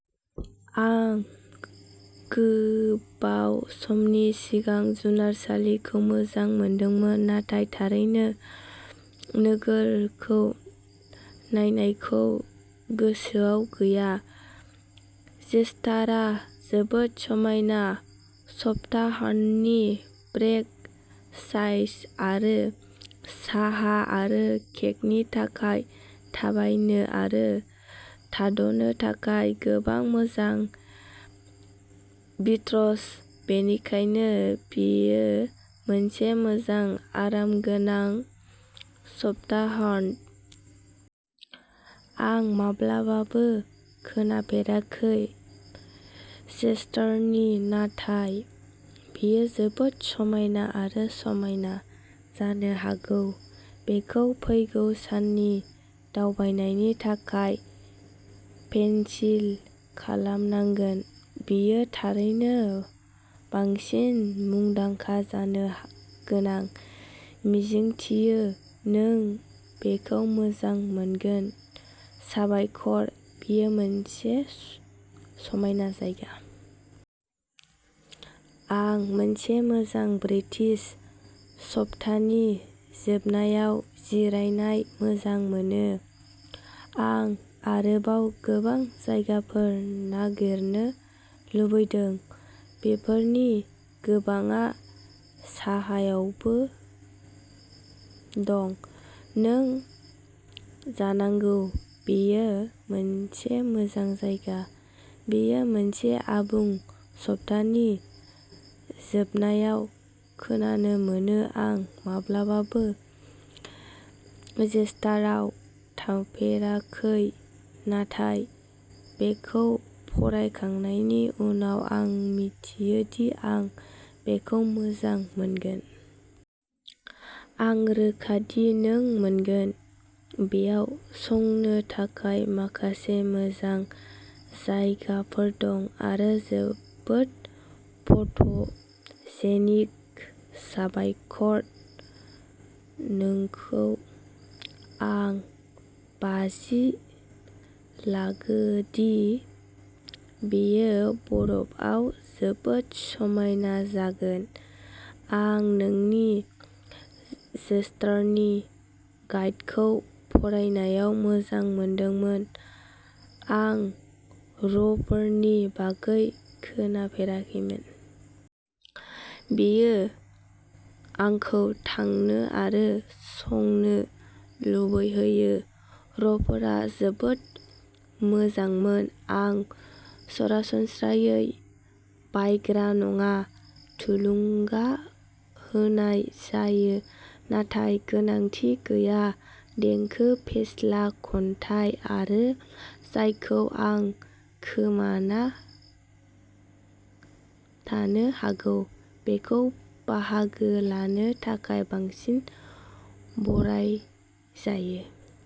आं गोबाव समनि सिगां जुनारसालिखौ मोजां मोनदोंमोन, नाथाय थारैनो नोगोरखौ नायनायखौ गोसोआव गैया। चेस्टारा जोबोद समायना-सप्ताहान्तनि ब्रेक साइज आरो साहा आरो केकनि थाखाय थाबायनो आरो थाद'नो थाखाय गोबां मोजां बिट्स, बेनिखायनो बेयो मोनसे मोजां आरामगोनां सप्ताहान्त! आं माब्लाबाबो खोनाफेराखै। चेस्टारनि, नाथाय बेयो जोबोद समायना आरो समायना! जानो हागौ बेखौ फैगौ साननि दावबायनायनि थाखाय पेनसिल खालामनांगोन! बेयो थारैनो बांसिन मुंदांखा जानो गोनां-मिजिंथियो नों बेखौ मोजां मोनगोन! साबायखर, बेयो मोनसे समायना जायगा! आं मोनसे मोजां ब्रिटिश सप्तानि जोबनायाव जिरायनाय मोजां मोनो! आं आरोबाव गोबां जायगाफोर नागिरनो लुबैदों, बेफोरनि गोबांआ साहायावबो दं। नों जानांगौ, बेयो मोनसे मोजां जायगा! बेयो मोनसे आबुं सप्तानि जोबनायाव खोनानो मोनो! आं माब्लाबाबो चेस्टाराव थाफेराखै नाथाय बेखौ फरायखांनायनि उनाव आं मिथियो दि आं बेखौ मोजां मोनगोन। आं रोखा दि नों मोनगोन, बेयाव संनो थाखाय माखासे मोजां जायगाफोर दं-आरो जोबोद फट'जेनिक! साबायखर! नंगौ, आं बाजि लागोदि बेयो बरफआव जोबोद समायना जागोन। आं नोंनि चेस्टारनि गाइडखौ फरायनायाव मोजां मोनदोंमोन। आं र'फोरनि बागै खोनाफेराखैमोन। बेयो आंखौ थांनो आरो संनो लुबैहोयो! र'फोरा जोबोद मोजांमोन-आं सरासनस्रायै बायग्रा नङा। थुलुंगा होनाय जायो नाथाय गोनांथि गैया। देंखो, फेस्ला, खन्थाइ आरो जायखौ आं खोमाना थानो हागौ, बेखौ बाहागो लानो थाखाय बांसिन बराय जायो।